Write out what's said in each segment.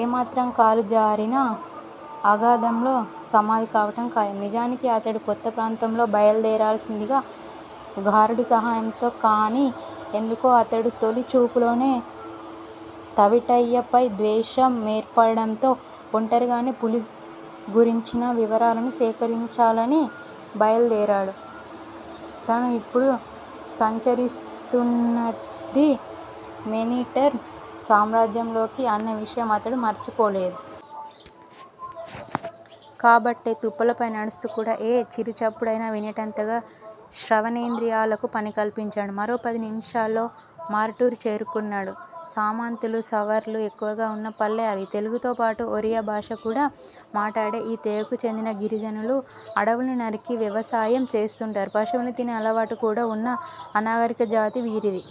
ఏమాత్రం కాలుజారినా, అగాధంలో సమాధి కావటం ఖాయం. నిజానికి అతడు కొత్త ప్రాంతంలో బయలుదేరాల్సింది గార్డు సహాయంతో. కాని ఎందుకో అతడు తొలి చూపులోనే తవిటయ్య పై ద్వేష మేర్పడటంతో ఒంటరిగానే పులి గురించిన వివరాలను సేకరించాలని బయలుదేరాడు. తను ఇప్పుడు సంచరిస్తున్నది మేనీటర్ సామ్రాజ్యంలో అన్న విషయాన్ని అతడు మరిచిపోలే. కాబట్టే తుప్పలపై నడుస్తూ కూడా ఏ చిరుచప్పుడయినా వినేటంతగా శ్రవణేంద్రియాలకు పని కల్పించాడు. మరో పది నిముషాల్లో మార్టూరు చేరుకున్నాడు. సామంతులు, సవర్లు ఎక్కువగా వున్న పల్లె అది. తెలుగుతోపాటు ఒరియా భాషకూడా మాటాడే ఈ తెగకు చెందిన గిరిజనులు అడవుల్ని నరికి వ్యవసాయం చేస్తుంటారు. పశువుల్ని తినే అలవాటు కూడా వున్న అనాగరిక జాతి వీరిది.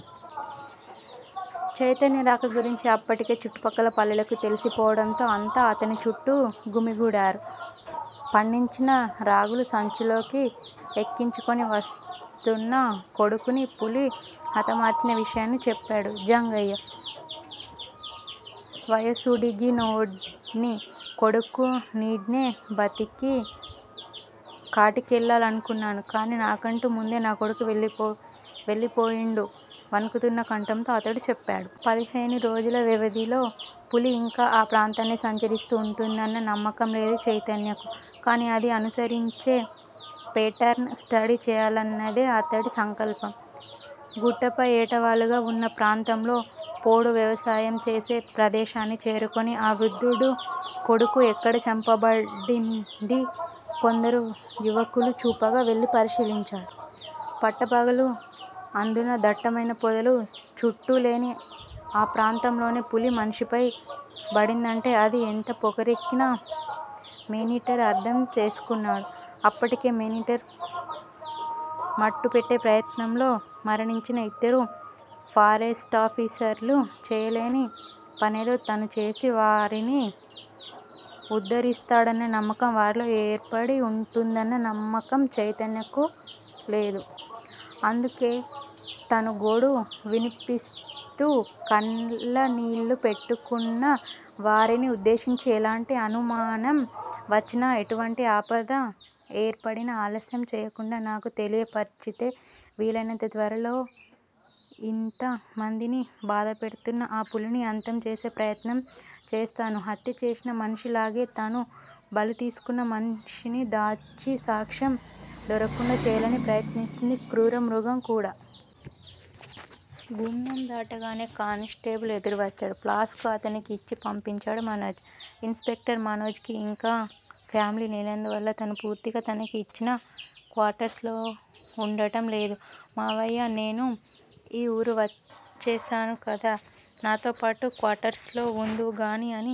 చైతన్య రాక గురించి అప్పటికే చుట్టుపక్కల పల్లెలకు తెలిసి పోవడంతో అంతా అతని చుట్టూ గుమిగూడారు. పండించిన రాగులు సంచిలోకి ఎక్కించుకుని వస్తున్న కొడుకుని పులి హతమార్చిన విషయాన్ని చెప్పాడు జంగయ్య. వయసుడిగినోడ్ని, కొడుకు నీడ్నే బతికి కాటికెల్లాలనుకున్నా కాని, నాకంటా ముందే నా కొడుకెళ్ళి పోండు వణుకుతున్న కంఠంతో అతడు చెప్పాడు. పదిహేను రోజుల వ్యవధిలో పులి ఇంకా ఆ ప్రాంతాన్నే సంచరిస్తూ ఉంటుందన్న నమ్మకం లేదు చైతన్యకు. కాని అది అనుసరించే పేటర్న్ స్టడీ చేయాలన్నదే అతడి సంకల్పం. గుట్టపై ఏటవాలుగా వున్న ప్రాంతంలో పోడు వ్యవసాయం చేసే ప్రదేశాన్ని చేరుకుని, ఆ వృద్ధుడు కొడుకు ఎక్కడ చంపబడింది కొందరు యువకులు చూపగా వెళ్ళి పరిశీలించా. పట్టపగలు అందునా దట్టమైన పొదలు చుట్టూలేని ఆ ప్రాంతంలోనే పులి మనిషిపై బడిందంటే అది ఎంత పొగరెక్కిన మేనీటర్ అర్ధం చేసుకున్నాడు. అప్పటికే మేనీటర్ మట్టుపెట్టే ప్రయత్నంలో మరణించిన ఇద్దరు ఫారెస్టాఫీసర్లు చేయలేని పనేదో తనుచేసి వారిని ఉద్దరిస్తాడన్న నమ్మకం వారిలో ఏర్పడి ఉంటుందన్న నమ్మకం చైతన్యకు లేదు. అందుకే తను గోడు వినిపిస్తూ కళ్ళనీళ్ళు పెట్టుకుంటున్న వారిని ఉద్దేశించి ఎలాంటి అనుమానం వచ్చినా, ఎటువంటి ఆపద ఏర్పడినా ఆలస్యం చేయకుండా నాకు తెలియపర్చితే వీలయినంత త్వరలో యింత మందిని బాధపెడుతున్న ఆ పులిని అంతం చేసే ప్రయత్నం చేస్తాను. హత్య చేసిన మనిషిలాగే, తను బలి తీసుకున్న మనిషిని దాచి సాక్ష్యం దొరక్కుండా చేయాలని ప్రయత్నిస్తుంది క్రూరమృగం కూడా. గుమ్మం దాటగానే కానిస్టేబుల్ ఎదురు వచ్చాడు. ప్లాస్క్ అతనికి ఇచ్చి పంపించాడు మనోజ్. ఇన్ స్పెక్టర్ మనోజ్ కి ఇంకా ఫామిలీ లేనందువల్ల తను పూర్తిగా తనకి ఇచ్చిన క్వార్టర్స్ లో వుండటం లేదు. మావయ్యా నేను ఈ ఊరు వచ్చేశాను కదా! నాతోపాటు క్వార్టర్స్ లో వుందువు గాని అని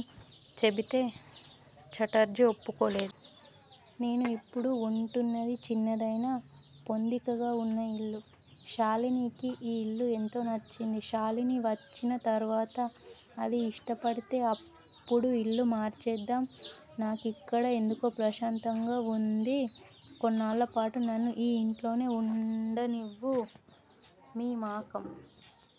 చెబితే ఛటర్జీ ఒప్పుకోలే. నేను ఇప్పుడు వుంటున్నది చిన్నదైనా పొందికగా వున్న ఇల్లు. షాలినీకి ఈ ఇల్లు ఎంతో నచ్చింది. షాలిని వచ్చిన తరువాత అది ఇష్టపడితే అప్పుడు ఇల్లు మార్చేద్దాం. నాకిక్కడ ఎందుకో ప్రశాంతంగా వుంది. కొన్నాళ్ళపాటు నన్ను ఈ యింట్లోనే వుండనివ్వు. మీ మకాం